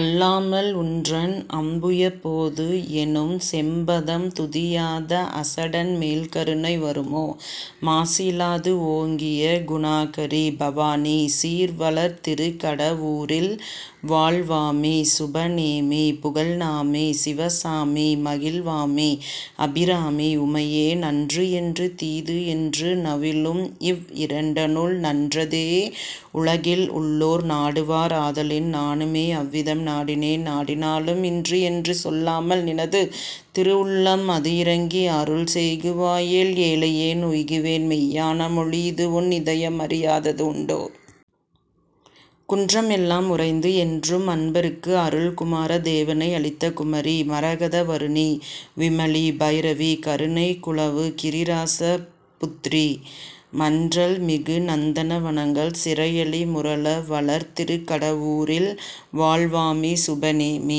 அல்லாமல் உன்றன் அம்புயப் போது எனும் செம் பதம் துதியாத அசடன் மேல் கருணை வருமோ? மாசு இலாது ஓங்கிய குணாகரி! பவானி! சீர் வளர் திருக் கடவூரில் வாழ் வாமி! சுப நேமி! புகழ் நாமி! சிவ சாமிமகிழ் வாமி! அபிராமி உமையே! நன்று என்று தீது என்று நவிலும் இவ் இரண்டனுள் நன்றதே உலகில் உள்ளோர் நாடுவார் ஆதலின் நானுமே அவ்விதம் நாடினேன் நாடினாலும் இன்று என்று சொல்லாமல் நினது திரு உள்ளம் அது இரங்கி அருள் செய்குவாயேல் ஏழையேன் உய்குவேன் மெய்யான மொழி இது உன் இதயம் அறியாதது உண்டோ? குன்றம் எல்லாம் உறைந்து என்றும் அன்பர்க்கு அருள் குமார தேவனை அளித்த குமரி! மரகத வருணி! விமலி! பைரவி! கருணை குலவு கிரி ராச புத்ரி! மன்றல் மிகு நந்தன வனங்கள் சிறை அளி முரல வளர் திருக் கடவூரில் வாழ் வாமி! சுப நேமி!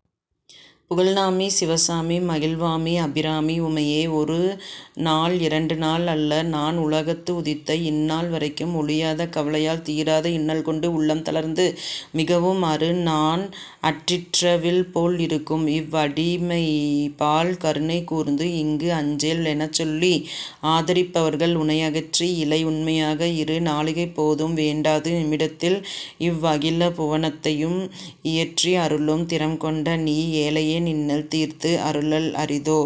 புகழ் நாமி! சிவ சாமிமகிழ் வாமி! அபிராமி உமையே! ஒரு நாள் இரண்டு நாள் அல்ல நான் உலகத்து உதித்த இந் நாள் வரைக்கும் ஒழியாத கவலையால் தீராத இன்னல் கொண்டு உள்ளம் தளர்ந்து மிகவும் அரு நாண் அற்றிட்ட வில் போல் இருக்கும் இவ் அடிமைபால் கருணை கூர்ந்து இங்கு அஞ்சேல் எனச் சொல்லி ஆதரிப்பவர்கள் உனை அன்றி இலை உண்மையாக இரு நாழிகைப் போதும் வேண்டாது நிமிடத்தில் இவ் அகில புவனத்தையும் இயற்றி அருளும் திறம் கொண்ட நீ ஏழையேன் இன்னல் தீர்த்து அருளல் அரிதோ?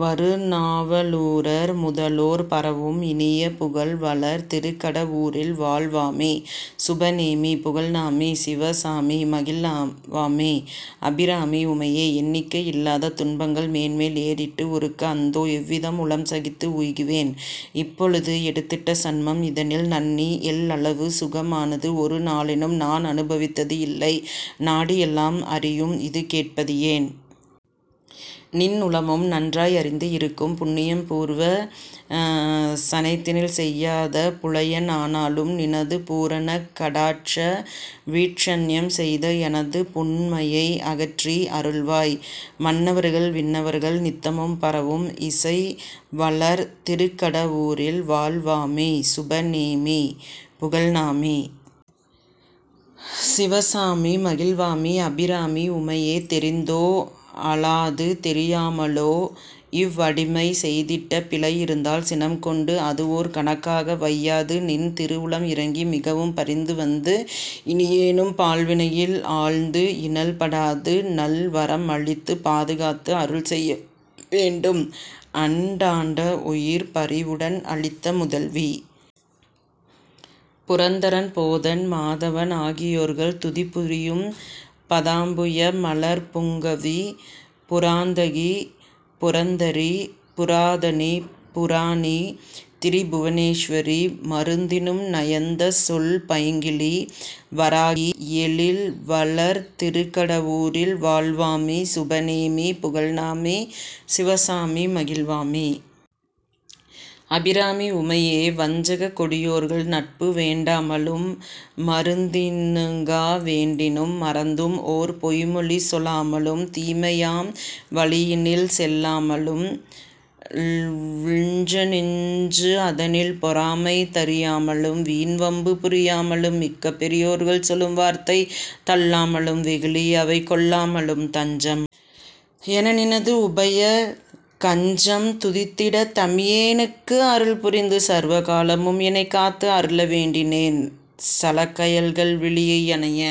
வரு நாவலூரர் முதலோர் பரவும் இனிய புகழ் வளர் திருக் கடவூரில் வாழ் வாமி! சுப நேமி! புகழ் நாமி! சிவ சாமிமகிழ் வாமி! அபிராமி உமையே! எண்ணிக்கை இல்லாத துன்பங்கள் மேன்மேல் ஏறிட்டு ஒறுக்க அந்தோ! எவ்விதம் உளம் சகித்து உய்குவேன்? இப்பொழுது எடுத்திட்ட சன்மம் இதனில் நண்ணி எள் அளவு சுகம் ஆனது ஒரு நாளினும் நான் அனுபவித்தது இல்லை நாடு எலாம் அறியும் இது கேட்பது ஏன்? நின் உளமும் நன்றாய் அறிந்து இருக்கும் புண்ணியம் பூர்வ சனத்தினில் செய்யாத புலையன் ஆனாலும் நினது பூரண கடாட்ச வீட்சண்ணியம் செய்து எனது புன்மையை அகற்றி அருள்வாய் மண்ணவர்கள் விண்ணவர்கள் நித்தமும் பரவும் இசை வளர் திருக் கடவூரில் வாழ் வாமி! சுப நேமி! புகழ் நாமி! சிவ சாமிமகிழ் வாமி! அபிராமி உமையே! தெரிந்தோ அலாது தெரியாமலோ இவ் அடிமை செய்திட்ட பிழை இருந்தால் சினம் கொண்டு அது ஓர் கணக்காக வையாது நின் திரு உளம் இரங்கி மிகவும் பரிந்து வந்து இனியேனும் பாழ் வினையில் ஆழ்ந்து இனல் படாது நல் வரம்அளித்துப் பாதுகாத்து அருள் செய்ய வேண்டும் அண்டாண்ட உயிர் பரிவுடன் அளித்த முதல்வி! புரந்தரன் போதன் மாதவன் ஆகியோர்கள் துதி புரியும் பதாம்புய மலர்ப் புங்கவி! புராந்தகி! புரந்தரி! புராதனி! புராணி! திரி புவனேசுவரி! மருந்தினும் நயந்த சொல் பைங் கிளி! வராகி! எழில் வளர் திருக் கடவூரில் வாழ் வாமி! சுப நேமி! புகழ் நாமி! சிவ சாமிமகிழ் வாமி! அபிராமி உமையே! வஞ்சகக் கொடியோர்கள் நட்பு வேண்டாமலும், மருந்தினுக்கா வேண்டினும் மறந்தும் ஓர் பொய்ம்மொழி சொலாமலும் தீமை ஆம் வழியினில் செல்லாமலும் விஞ்சு நெஞ்சு அதனில் பொறாமை தரியாமலும் வீண் வம்பு புரியாமலும் மிக்க பெரியோர்கள் சொலும் வார்த்தை தள்ளாமலும் வெகுளி அவை கொள்ளாமலும் தஞ்சம் என நினது உபய கஞ்சம் துதித்திடத் தமியேனுக்கு அருள் புரிந்து சர்வ காலமும் எனைக் காத்து அருள வேண்டினேன் சலக் கயல்கள் விழியை அனைய